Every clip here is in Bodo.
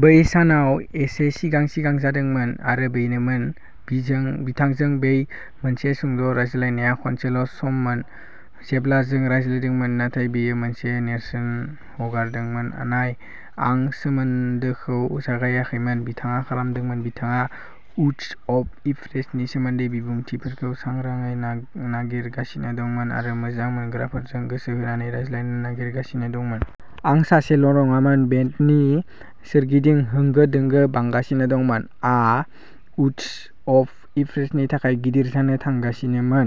बै सानाव एसे सिगां-सिगां जादोंमोन आरो बेनोमोन। बिजों बिथांजों बै मोनसे सुंद' रायज्लायनाया खनसेल' सममोन जेब्ला जों "रायज्लायदोंमोन" नाथाय बेयो मोनसे नेरसोन हगारदोंमोन। नाय, आं सोमोनदोखौ जागायाखैमोन। बिथाङा खालामदोंमोन। बिथाङा उड्स अफ इप्रेसनि सोमोन्दै बिबुंथिफोरखौ सांग्राङै ना नागिरगासिनो दंमोन आरो मोजां मोनग्राफोरजों गोसो होनानै रायज्लायनो नागिरगासिनो दंमोन। आं सासेल'नङामोन। बेन्डनि सोरगिदिं होंगो दोंगो बांगासिनो दंमोन। आ उड्स अफ इप्रेसनि थाखाय गिदिर जानो थांगासिनोमोन।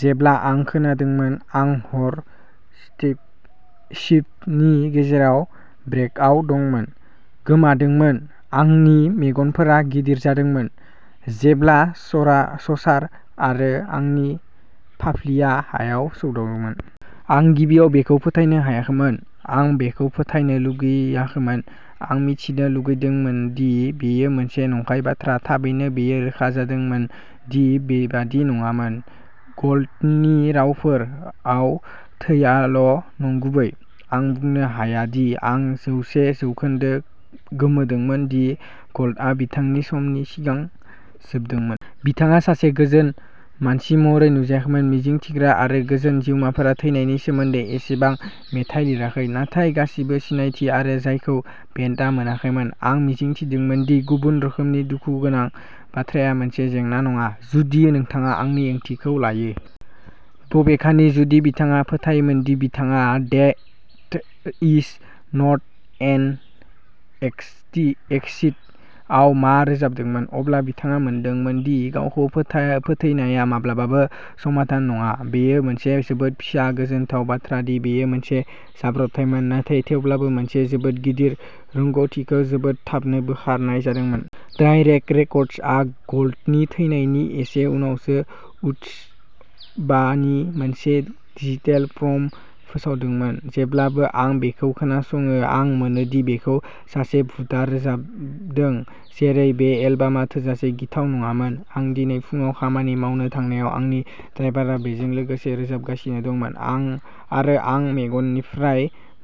जेब्ला आं खोनादोंमोन आं हर सिटिफ सिफ्टनि गेजेराव ब्रेकआव दंमोन। गोमादोंमोन। आंनि मेगनफोरा गिदिर जादोंमोन जेब्ला ससार आरो आंनि फाफ्लिआ हायाव सौदावदोंमोन। आं गिबियाव बेखौ फोथायनो हायाखैमोन। आं बेखौ फोथायनो लुगैयाखैमोन। आं मिथिनो लुगैदोंमोन दि बेयो मोनसे नंखाय बाथ्रा। थाबैनो बेयो रोखा जादोंमोन दि बेबादि नङामोन। गल्डनि रावफोरआव, "थैआल' नंगुबै।" आं बुंनो हाया दि आं जौसे जौखोनदो गोमोदोंमोन दि गल्डआ बिथांनि समनि सिगां जोबदोंमोन। बिथाङा सासे गोजोन मानसि महरै नुजायाखैमोन। मिजिंथिग्रा आरो गोजोन जिउमाफोरा थैनायनि सोमोन्दै एसेबां मेथाइ लिराखै। नाथाय गासिबो सिनायथि आरो जायखौ बेन्डआ मोनाखैमोन, आं मिजिंथिदोंमोन दि गुबुन रोखोमनि दुखुगोनां बाथ्राया मोनसे जेंना नङा। जुदि नोंथाङा आंनि ओंथिखौ लायो। बबेखानि, जुदि बिथाङा फोथायोमोन दि बिथाङा "death is not an exit exit" आव मा रोजाबदोंमोन, अब्ला बिथाङा मोनदांदोंमोन दि गावखौ फोथैनाया माब्लाबाबो समाधान नङा। बेयो मोनसे जोबोद फिसा गोजोनथाव बाथ्रा दि बेयो मोनसे जाब्रबथायमोन, नाथाय थेवब्लाबो, मोनसे जोबोद गिदिर रोंग'थिखौ जोबोद थाबनो बोखारनाय जादोंमोन। इयारके रिकर्डसआ गल्डनि थैनायनि एसे उनावनो उड्स बा नि मोनसे डिजिटेल प्रम फोसावदोंमोन। जेब्लानो आं बेखौ खोनासङो, आं मोनो दि बेखौ सासे भुतआ रोजाबदों। जेरै बे एलबामा थोजासे गिथाव नङामोन। आं दिनै फुंआव खामानि मावनो थांनायाव आंनि ड्राइभारा बेजों लोगोसे रोजाबगासिनो दंमोन आरो आं मेगननिफ्राय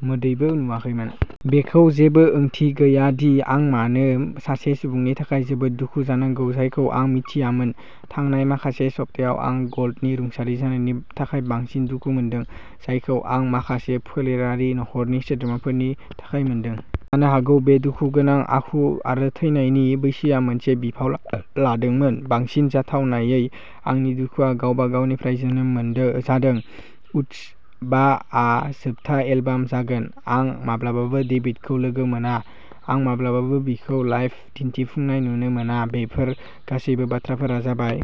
मोदैबो नुवाखैमोन। बेखौ जेबो ओंथि गैया दि आं मानो सासे सुबुंनि थाखाय जोबोद दुखु जानांगौ जायखौ आं मिथियामोन। थांनाय माखासे सप्तायाव आं गल्डनि रुंसारि जानायनि थाखाय बांसिन दुखु मोनदों, जायखौ आं माखासे फोलेरारि नखरनि सोद्रोमाफोरनि थाखाय मोनदों। जानो हागौ बे दुखुगोनां आखु आरो थैनायनि बैसोआ मोनसे बिफाव ला लादोंमोन। बांसिन जाथावनायै, आंनि दुखुआ गावबा गावनिफ्राय जोनोम मोनदो जादों। उड्स बा आ जोबथा एलबाम जागोन। आं माब्लाबाबो डेभिडखौ लोगो मोना। आं माब्लाबाबो बिखौ लाइभ दिनथिफुंनाय नुनो मोना। बेफोर गासैबो बाथ्राफोरा जाबाय,